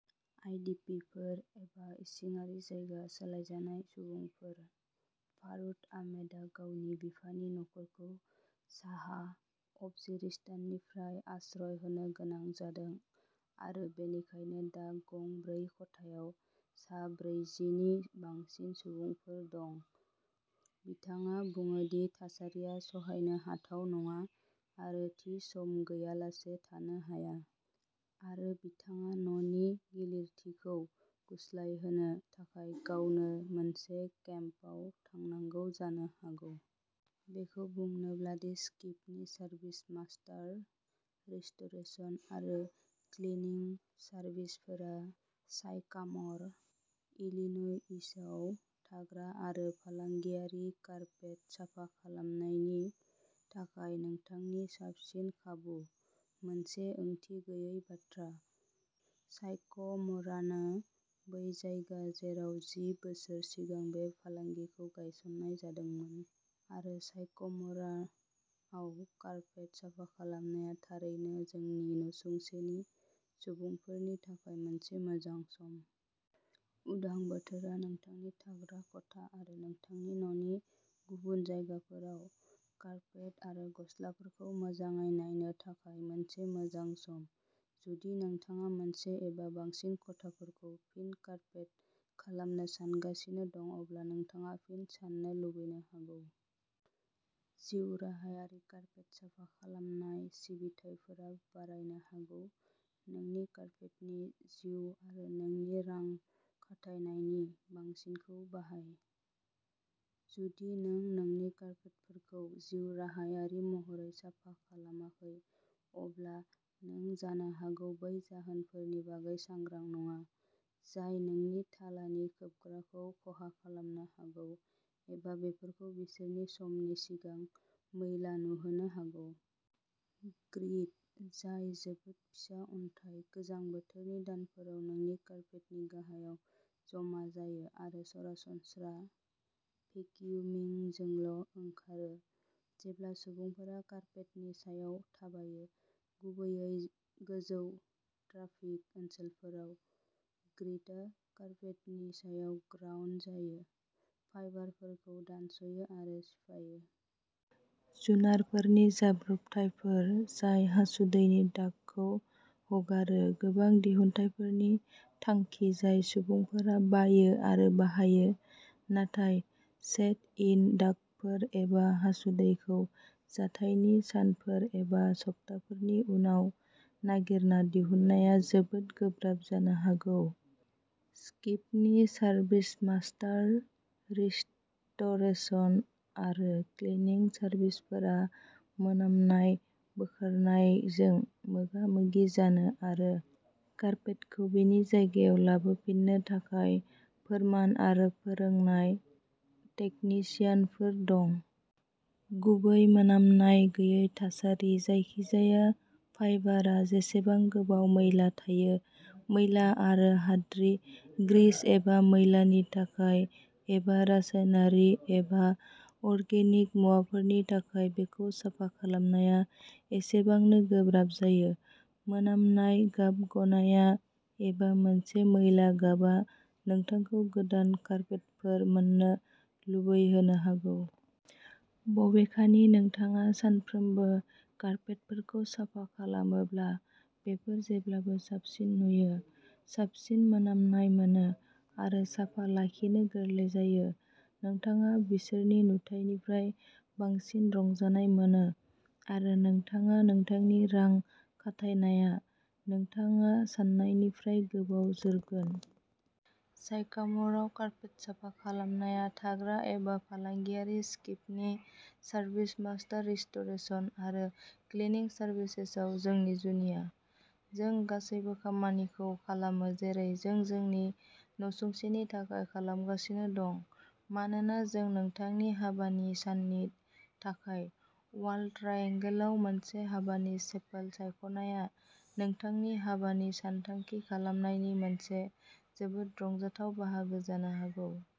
आइडिपिफोर एबा इसिङारि जायगा सोलायजानाय सुबुंफोर। फारुद आहमेदआ गावनि बिफानि नखरखौ साहा अवजिरिस्ताननिफ्राय आश्रय होनो गोनां जादों आरो बेनिखायनो दा गं ब्रै खथायाव सा ब्रैजि नि बांसिन सुबुंफोर दं। बिथाङा बुङो दि थासारिया सहायनो हाथाव नङा आरो थि सम गैयालासे थानो हाया आरो बिथाङा न'नि गिलिरथिखौ सुग्लायहोनो थाखाय गावनो मोनसे केम्पआव थांनांगौ जानो हागौ। बेखौ बुंनोब्ला दि स्किपनि सार्भिसमास्टार रिस्ट'रेसन आरो क्लिनिं सार्भिसफोरा साइकाम'र, इलिन'इसआव थाग्रा आरो फालांगियारि कार्पेट साफा खालामनायनि थाखाय नोंथांनि साबसिन खाबु, मोनसे ओंथि गैयै बाथ्रा। साइकाम'रानो बै जायगा जेराव जि बोसोर सिगां बे फालांगिखौ गायसननाय जादोंमोन, आरो साइकाम'रआव कार्पेट साफा खालामनाया थारैनो जोंनि नसुंसेनि सुबुंफोरनि थाखाय मोनसे मोजां सम। उदां बोथोरा नोंथांनि थाग्रा खथा आरो नोंथांनि न'नि गुबुन जायगाफोराव कार्पेट आरो गस्लाफोरखौ मोजाङै नायनो थाखाय मोनसे मोजां सम। जुदि नोंथाङा मोनसे एबा बांसिन खथाफोरखौ फिन कार्पेट खालामनो सानगासिनो दं, अब्ला नोंथाङा फिन साननो लुबैनो हागौ। जिउराहायारि कार्पेट साफा खालामनाय सिबिथाइफोरा बारायनो हागौ। नोंनि कार्पेटनि जिउ आरो नोंनि रां खाथायनायनि बांसिनखौ बाहाय। जुदि नों नोंनि कार्पेटफोरखौ जिउराहायारि महरै साफा खालामाखै, अब्ला नों जानो हागौ बै जाहोनफोरनि बागै सांग्रां नङा जाय नोंनि थालानि खोबग्राखौ खहा खालामनो हागौ एबा बेफोरखौ बिसोरनि समनि सिगां मैला नुहोनो हागौ। ग्रिट, जाय जोबोद फिसा अन्थाइ, गोजां बोथोरनि दानफोराव नोंनि कार्पेटनि गाहायाव जमा जायो, आरो सरासनस्रा भेकियुमिंजोंल'ओंखारो। जेब्ला सुबुंफोरा कार्पेटनि सायाव थाबायो, गुबैयै गोजौ ट्राफिक ओनसोलफोराव, ग्रिटआ कार्पेटनि सायाव ग्राइन्ड जायो, फाइबारफोरखौ दानस'यो आरो सिफायो। जुनारफोरनि जाब्रबथायफोर जाय हासुदैनि दागखौ हगारो, गोबां दिहुनथायफोरनि थांखि जाय सुबुंफोरा बायो आरो बाहायो। नाथाय, सेट-इन दागफोर एबा हासुदैखौ जाथायनि सानफोर एबा सप्ताफोरनि उनाव नागिरना दिहुननाया जोबोद गोब्राब जानो हागौ। स्किपनि सार्भिसमास्टार रिस्ट'रेसन आरो क्लिनिं सार्भिसफोरा मोनामनाय बोखारनायजों मोगा-मोगि जानो आरो कार्पेटखौ बेनि जायगायाव लाबोफिननो थाखाय फोरमान आरो फोरोंनाय तेकनिसियानफोर दं। गुबै मोनामनाय गैयै थासारि। जायखिजाया फाइबारआ जेसेबां गोबाव मैला थायो मैला आरो हाद्रि, ग्रिस एबा मैलानि थाखाय, एबा रासायनारि एबा अर्गेनिक मुवाफोरनि थाखाय बेखौ साफा खालामनाया एसेबांनो गोब्राब जायो। मोनामनाय, गाब गनाया, एबा मोनसे मैला गाबआ नोंथांखौ गोदान कार्पेटफोर मोननो लुबैहोनो हागौ। बबेखानि, नोंथाङा सानफ्रोमबो कार्पेटफोरखौ साफा खालामोब्ला, बेफोर जेब्लाबो साबसिन नुयो, साबसिन मोनामनाय मोनो आरो साफा लाखिनो गोरलै जायो। नोंथाङा बिसोरनि नुथाइनिफ्राय बांसिन रंजानाय मोनो, आरो नोंथाङा नोंथांनि रां खाथायनाया नोंथाङा साननायनिफ्राय गोबाव जोरगोन। साइकाम'रआव कार्पेट साफा खालामनाया थाग्रा एबा फालांगियारि स्किपनि सार्भिसमास्टार रिस्ट'रेसन आरो क्लिनिं सार्भिसेसआव जोंनि जुनिया। जों गासैबो खामानिखौ खालामो जेरै जों जोंनि नसुंसेनि थाखाय खालामगासिनो दं मानोना जों नोंथांनि हाबानि साननि थाखाय अवाल ट्राइएंगोलआव मोनसे हाबानि चेपल सायख'नाया नोंथांनि हाबानि सानथांखि खालामनायनि मोनसे जोबोद रंजाथाव बाहागो जानो हागौ।